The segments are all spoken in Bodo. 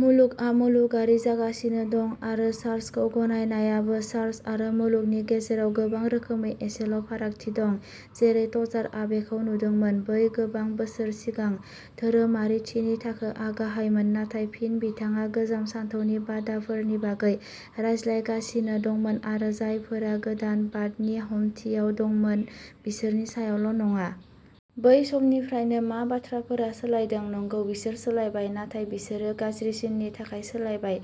मुलुगआ मुलुगारि जागासिनो दं आरो चार्चखौ गनायनायाबो। चार्च आरो मुलुगनि गेजेराव गोबां रोखोमै एसेल'फारागथि दं। जेरै टजारआ बेखौ नुदोंमोन, बै गोबां बोसोर सिगां, धोरोमारिथिनि थाखोआ गाहायमोन। नाथाय फिन, बिथाङा गोजाम सानथौनि बादाफोरनि बागै रायज्लायगासिनो दंमोन आरो जायफोरा गोदानबादनि हमथियाव दंमोन बिसोरनि सायावल'नङा। बै समनिफ्रायनो मा बाथ्राफोरा सोलायदों? नंगौ, बिसोर सोलायबाय, नाथाय बिसोरो गाज्रिसिननि थाखाय सोलायबाय।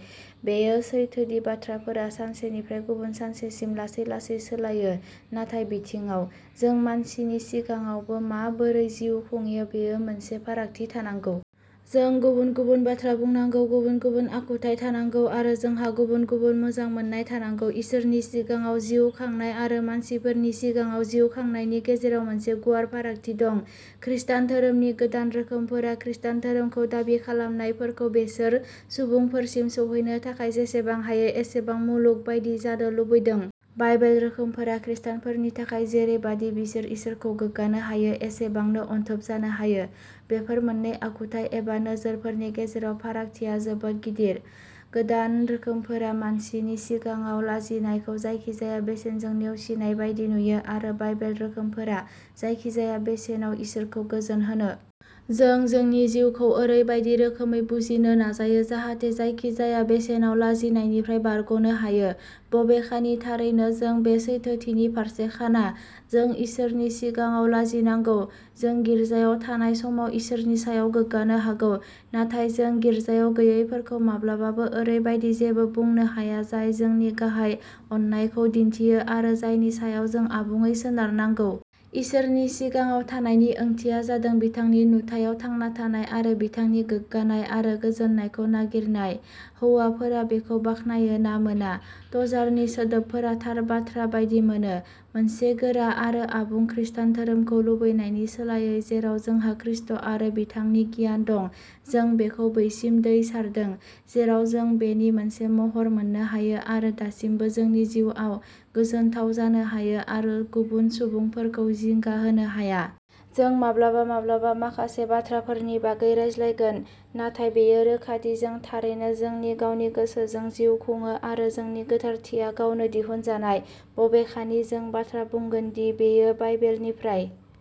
बेयो सैथो दि बाथ्राफोरा सानसेनिफ्राय गुबुन सानसेसिम लासै लासै सोलायो, नाथाय बिथिङाव। जों मानसिनि सिगाङावबो माबोरै जिउ खुंयो बेयाव मोनसे फारागथि थानांगौ। जों गुबुन-गुबुन बाथ्रा बुंनांगौ, गुबुन-गुबुन आखुथाय थानांगौ, आरो जोंहा गुबुन-गुबुन मोजां मोननाय थानांगौ। इसोरनि सिगाङाव जिउ खांनाय आरो मानसिफोरनि सिगाङाव जिउ खांनायनि गेजेराव मोनसे गुवार फारागथि दं। खृष्टान धोरोमनि गोदान रोखोमफोरा खृष्टान धोरोमखौ दाबि खालामनायफोरखौ बेसोर सुबुंफोरसिम सौहैनो थाखाय जेसेबां हायो एसेबां मुलुग बायदि जानो लुबैदों। बाइबेल रोखोमफोरा खृष्टानफोरनि थाखाय जेरैबादि बिसोर इसोरखौ गोग्गानो हायो एसेबांनो अनथोब जानो हायो। बेफोर मोन्नै आखुथाय एबा नोजोरफोरनि गेजेराव फारागथिया जोबोद गिदिर। गोदान रोखोमफोरा मानसिनि सिगाङाव लाजिनायखौ जायखिजाया बेसेनजों नेवसिनाय बायदि नुयो आरो बाइबेल रोखोमफोरा जायखिजाया बेसेनाव इसोरखौ गोजोनहोनो। जों जोंनि जिउखौ ओरैबायदि रोखोमै बुजिनो नाजायो जाहाथे जायखिजाया बेसेनाव लाजिनायनिफ्राय बारग'नो हायो, बबेखानि थारैनो जों बे सैथोथिनि फारसे खाना। जों इसोरनि सिगाङाव लाजिनांगौ। जों गिर्जायाव थानाय समाव इसोरनि सायाव गोग्गानो हागौ, नाथाय जों गिर्जायाव गैयैफोरखौ माब्लाबाबो ओरैबायदि जेबो बुंनो हाया जाय जोंनि गाहाय अननायखौ दिन्थियो आरो जायनि सायाव जों आबुङै सोनारनांगौ। इसोरनि सिगाङाव थानायनि ओंथिया जादों बिथांनि नुथायाव थांना थानाय आरो बिथांनि गोग्गानाय आरो गोजोननायखौ नागिरनाय, हौवाफोरा बेखौ बाख्नायो ना मोना। टजारनि सोदोबफोरा थार बाथ्रा बायदि मोनो। मोनसे गोरा आरो आबुं खृस्टान धोरोमखौ लुबैनायनि सोलायै जेराव जोंहा खृष्ट आरो बिथांनि गियान दं, जों बेखौ बैसिम दै सारदों जेराव जों बेनि मोनसे महर मोननो हायो आरो दासिमबो जोंनि जिउआव गोजोनथाव जानो हायो आरो गुबुन सुबुंफोरखौ जिंगा होनो हाया। जों माब्लाबा माब्लाबा माखासे बाथ्राफोरनि बागै रायज्लायगोन, नाथाय बेयो रोखा दि जों थारैनो जोंनि गावनि गोसोजों जिउ खुङो आरो जोंनि गोथारथिया गावनो दिहुनजानाय, बबेखानि जों बाथ्रा बुंगोन दि बेयो बाइबेलनिफ्राय।